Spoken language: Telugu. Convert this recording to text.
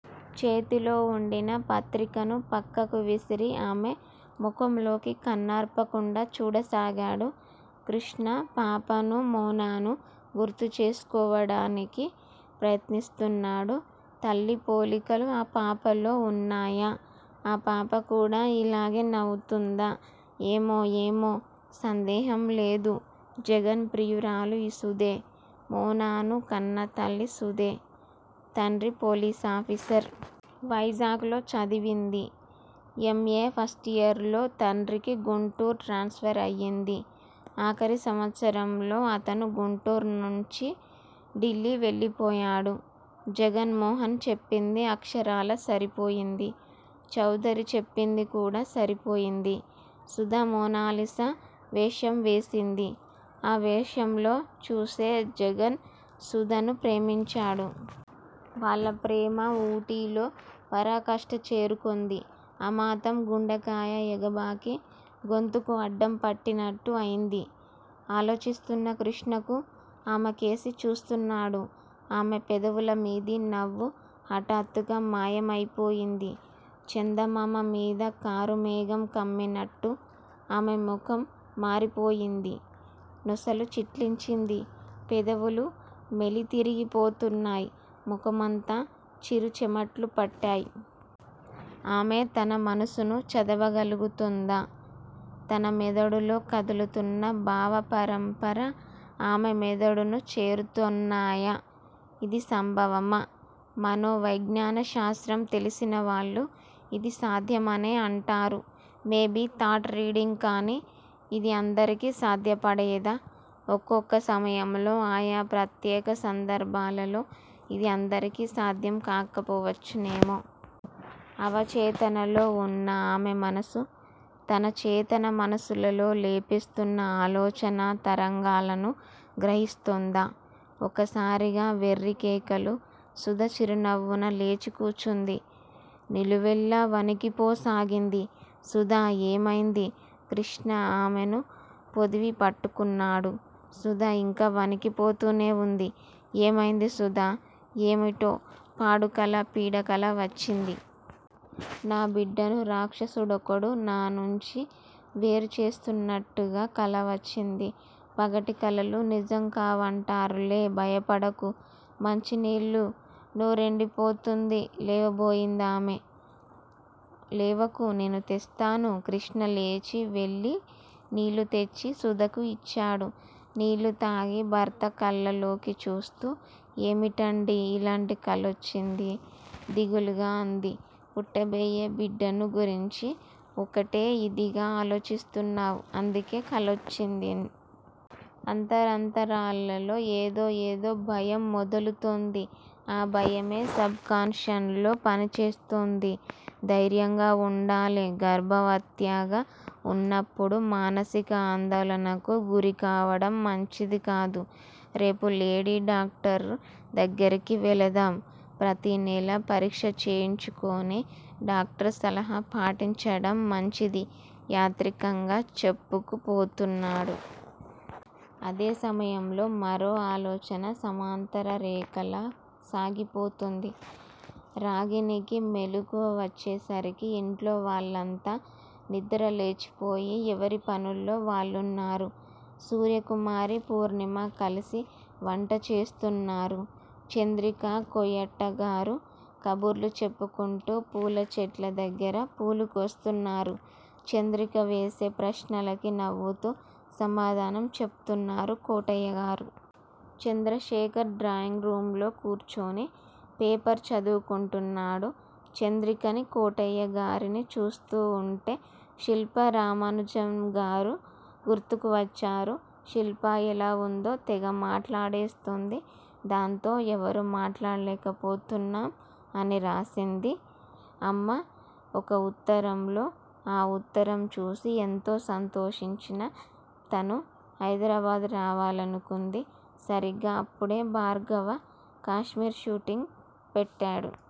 చేతిలో వుండిన పత్రికను పక్కకు విసిరి ఆమె ముఖంలోకి కన్నార్పకుండా చూడసాగాడు కృష్ణ. పాపను__మోనాను గుర్తుచేసుకోవడానికి ప్రయత్నిస్తున్నాడు. తల్లి పోలికలు ఆ పాపలో ఉన్నాయా? ఆ పాపకూడా ఇలాగే నవ్వుతుందా! ఏమో? ఏమో? సందేహంలేదు, జగన్ ప్రియురాలు ఈ సుధే! మోనాను కన్నతల్లి సుధే! తండ్రి పోలీసాఫీసర్. వైజాగ్ లో చదివింది. M, A. ఫస్టియర్ లో తండ్రికి గుంటూరు ట్రాన్స్ఫరు అయింది. ఆఖరి సంవత్సరంలో అతను గుంటూరునుంచి ఢిల్లీ వెళ్ళిపోయాడు. జగన్మోహన్ చెప్పింది అక్షరాల సరిపోయింది. చౌదరి చెప్పిందికూడా సరిపోయింది. సుధ మోనాలిసా వేషం వేసింది. ఆ వేషంలో చూసే జగన్ సుధను ప్రేమించాడు. వాళ్ళ ప్రేమ ఊటీలో పరాకాష్ట చేరుకొంది__ అమాంతం గుండెకాయ ఎగబాకి గొంతుకు అడ్డంపడినట్టు ఐంది ఆలోచిస్తున్న కృష్ణకు. ఆమెకేసి చూస్తున్నాడు. ఆమె పెదవులమీది నవ్వు హఠాత్తుగా మాయం అయిపోయింది. చందమామమీద కారుమేఘం కమ్మినట్టు ఆమె ముఖం మారిపోయింది. నొసలు చిట్లించింది. పెదవులు మెలితిరిగిపోతున్నాయి. ముఖమంతా చిరు చెమట్లు పట్టాయి. ఆమె తన మనసును చదవగలుగుతోందా? తన మెదడులో కదులుతున్న భావపరంపర ఆమె మెదడును చేరుతున్నాయా? ఇది సంభవమా? మనోవైజ్ఞానిక శాస్త్రం తెలిసినవాళ్ళు ఇది సాధ్యమనే అంటారు. Maybe thought reading? కాని ఇది అందరికీ సాధ్యపడేదా? ఒక్కొక్క సమయంలో, ఆయా ప్రత్యేక సందర్బాలలో ఇది అందరికీ సాధ్యం కాకపోవచ్చునేమో! అవచేతనలో ఉన్న ఆమె మనసు, తన చేతన మనసులో లేస్తున్న ఆలోచనా తరంగాలను గ్రహిస్తోందా? ఒకసారిగా వెర్రికేక! సుధ చివ్వున లేచి కూర్చుంది. నిలువెల్లా వణికిపోసాగింది. సుధా! ఏమైంది? కృష్ణ ఆమెను పొదివిపట్టుకున్నాడు. సుధ ఇంకా వణుకుతూనే ఉంది. ఏమైంది సుధా? ఏమిటో పాడుకల పీడకల వచ్చింది. నా బిడ్డను రాక్షసుడొకడు నానుంచి వేరుచేస్తున్నట్టుగా కలవచ్చింది? పగటి కలలు నిజంకావంటారులే. భయపడకు. మంచినీళ్ళు! నోరెండిపోతోంది లేవబోయిందామె. లేవకు నేను తెస్తాను కృష్ణ లేచివెళ్ళి నీళ్ళు తెచ్చి సుధకు ఇచ్చాడు. నీళ్ళుతాగి భర్త కళ్ళల్లోకి చూస్తూ ఏమిటండీ ఇలాంటి కలొచ్చిందీ దిగులుగా అంది. పుట్టబోయే బిడ్డను గురించి ఒకటే ఇదిగా ఆలోచిస్తున్నావ్ అందుకే కలొచ్చింది. అంతరాంతరాల్లో ఏదో ఏదో భయం మెదులుతోంది. ఆ భయమే సబ్ కాన్ షస్ లో పనిచేస్తూంది. ధైర్యంగా వుండాలి. గర్భవత్య్గా ఉన్నప్పుడు మానసిక ఆందోళనకు గురికావడం మంచిదికాదు. రేపు లేడీ డాక్టర్ దగ్గిరకు వెళదాం. ప్రతినెలా పరీక్ష చేయించుకొని డాక్టర్ సలహా పాటించడం మంచిది యాంత్రికంగా చెప్పుకుపోతున్నాడు. అదే సమయంలో మరో ఆలోచన సమాంతర రేఖలా సాగిపోతూంది. రాగిణికి మెలుకువ వచ్చేసరికి ఇంట్లో వాళ్ళంతా నిద్దర లేచిపోయి, ఎవరి పనుల్లో వాళ్ళున్నారు. సూర్యకుమారీ పూర్ణిమా కలిసి వంట చేస్తున్నారు. చంద్రికా, కోటయ్యగారు కబుర్లు చెప్పుకుంటూ, పూలచెట్ల దగ్గర పూలుకోస్తున్నారు. చంద్రిక వేసే ప్రశ్నలకి నవ్వుతూ సమాధానం చెబుతున్నారు కోటయ్యగారు. చంద్రశేఖర్ డ్రాయింగ్ రూంలో కూర్చుని పేపరు చదువుకుంటున్నాడు. చంద్రికనీ, కోటయ్యగారినీ చూస్తూవుంటే శిల్పా, రామానుజంగారూ గుర్తువచ్చారు. శిల్ప ఎలావుందో? 'తెగ మాట్లాడేస్తోంది, దాంతో ఎవరూ మాట్లాడలేకపోతున్నాం' అని రాసింది అమ్మ ఒక ఉత్తరంలో. ఆ ఉత్తరంచూసి ఎంతో సంతోషించిన తను హైదరాబాదు రావాలనుకుంది. సరిగ్గా అప్పుడే భార్గవ కాశ్మీరు షూటింగు పెట్టాడు.